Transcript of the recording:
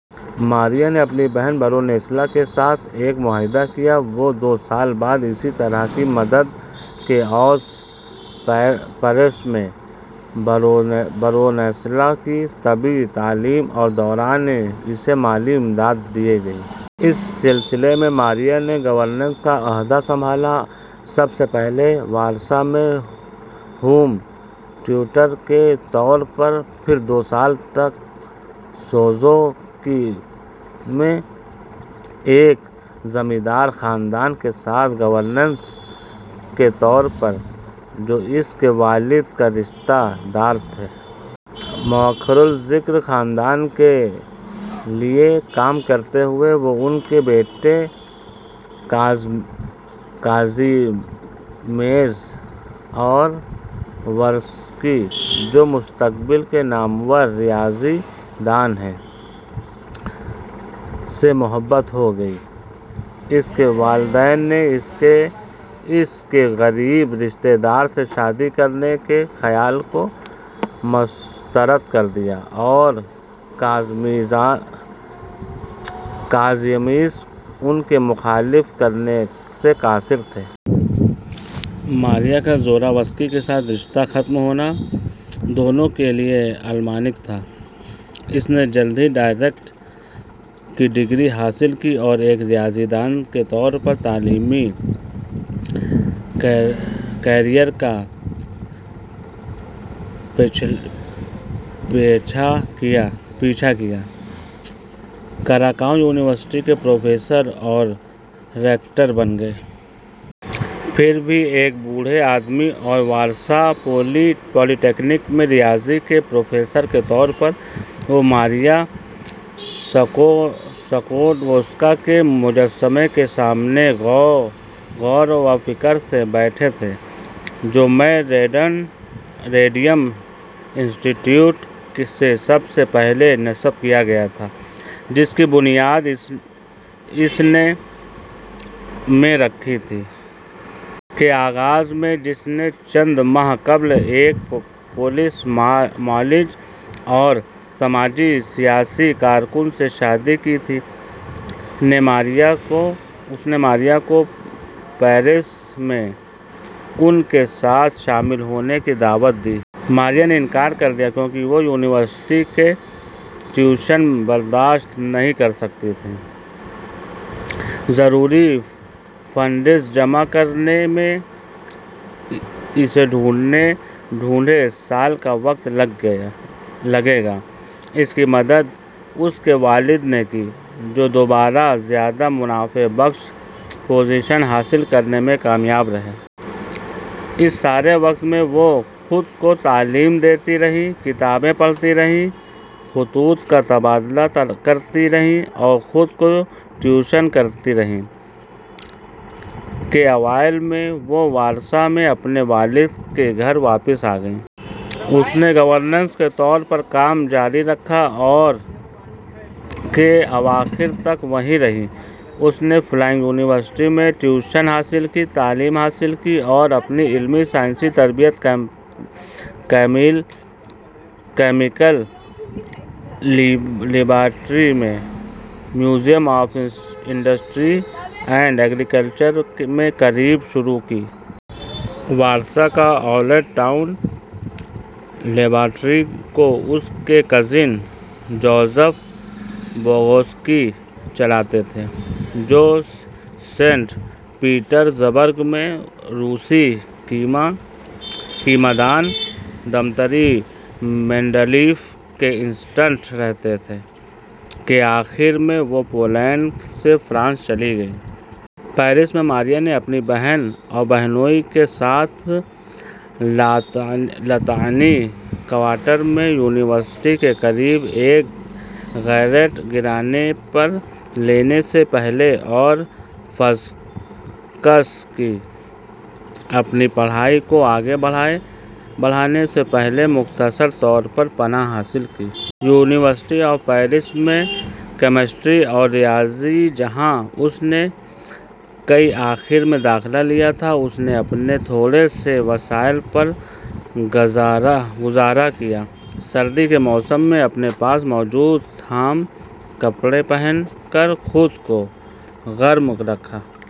ماریا نے اپنی بہن، برونیسلاوا کے ساتھ ایک معاہدہ کیا کہ وہ دو سال بعد اسی طرح کی مدد کے عوض پیرس میں برونیسلاوا کی طبی تعلیم کے دوران اسے مالی امداد دے گی۔ اس سلسلے میں، ماریہ نے گورننس کا عہدہ سنبھالا: سب سے پہلے وارسا میں ہوم ٹیوٹر کے طور پر؛ پھر دو سال تک سوزوکی میں ایک زمیندار خاندان کے ساتھ گورننس کے طور پر، جو اس کے والد کے رشتہ دار تھے۔ مؤخر الذکر خاندان کے لیے کام کرتے ہوئے، وہ ان کے بیٹے، کازیمیرز اوورسکی، جو مستقبل کے نامور ریاضی دان ہیں، سے محبت ہو گئی۔ اس کے والدین نے اس کے اس کے غریب رشتہ دار سے شادی کرنے کے خیال کو مسترد کر دیا اور کازیمیرز ان کی مخالفت کرنے سے قاصر تھے۔ ماریا کا زوراوسکی کے ساتھ رشتہ ختم ہونا دونوں کے لیے المناک تھا۔ اس نے جلد ہی ڈاکٹریٹ کی ڈگری حاصل کی اور ایک ریاضی دان کے طور پر تعلیمی کیریئر کا پیچھا کیا، کراکاؤ یونیورسٹی کے پروفیسر اور ریکٹر بن گئے۔ پھر بھی، ایک بوڑھے آدمی اور وارسا پولی ٹیکنک میں ریاضی کے پروفیسر کے طور پر، وہ ماریہ سکلوڈوسکا کے مجسمے کے سامنے غور و فکر سے بیٹھتے تھے جو میں ریڈیم انسٹی ٹیوٹ سے پہلے نصب کیا گیا تھا، جس کی بنیاد اس نے میں رکھی تھی۔ کے آغاز میں، جس نے چند ماہ قبل ایک پولش معالج اور سماجی اور سیاسی کارکن، سے شادی کی تھی، نے ماریا کو پیرس میں ان کے ساتھ شامل ہونے کی دعوت دی۔ ماریہ نے انکار کر دیا کیونکہ وہ یونیورسٹی کی ٹیوشن برداشت نہیں کر سکتی تھی۔ ضروری فنڈز جمع کرنے میں اسے ڈیڑھ سال کا وقت لگے گا۔ اس کی مدد اس کے والد نے کی، جو دوبارہ زیادہ منافع بخش پوزیشن حاصل کرنے میں کامیاب رہے۔ اس سارے وقت میں وہ خود کو تعلیم دیتی رہی، کتابیں پڑھتی رہی، خطوط کا تبادلہ کرتی رہی اور خود کو ٹیوشن کرتی رہی۔ کے اوائل میں وہ وارسا میں اپنے والد کے گھر واپس آگئی۔ اس نے گورننس کے طور پر کام جاری رکھا اور کے اواخر تک وہیں رہی۔ اس نے فلائنگ یونیورسٹی میں ٹیوشن حاصل کی، تعلیم حاصل کی اور اپنی عملی سائنسی تربیت کیمیکل لیبارٹری میں museum of industry and agriculture میں کے قریب شروع کی۔ وارسا کا اولڈ ٹاؤن۔ لیبارٹری کو اس کے کزن جوزف بوگوسکی چلاتے تھے، جو سینٹ پیٹرزبرگ میں روسی کیمیا دان دمتری مینڈیلیف کے اسسٹنٹ رہے تھے۔ کے آخر میں، وہ پولینڈ سے فرانس چلی گئیں۔ پیرس میں، ماریا نے اپنی بہن اور بہنوئی کے ساتھ لاطینی کوارٹر میں، یونیورسٹی کے قریب ایک گیرٹ کرائے پر لینے سے پہلے اور فزکس کی اپنی پڑھائی کو آگے بڑھانے سے پہلے مختصر طور پر پناہ حاصل کی۔ یونیورسٹی آف پیرس میں کیمسٹری اور ریاضی، جہاں اس نے کے آخر میں داخلہ لیا تھا۔ اس نے اپنے تھوڑے سے وسائل پر گزارہ کیا، سردی کے موسم میں اپنے پاس موجود تمام کپڑے پہن کر خود کو گرم رکھا۔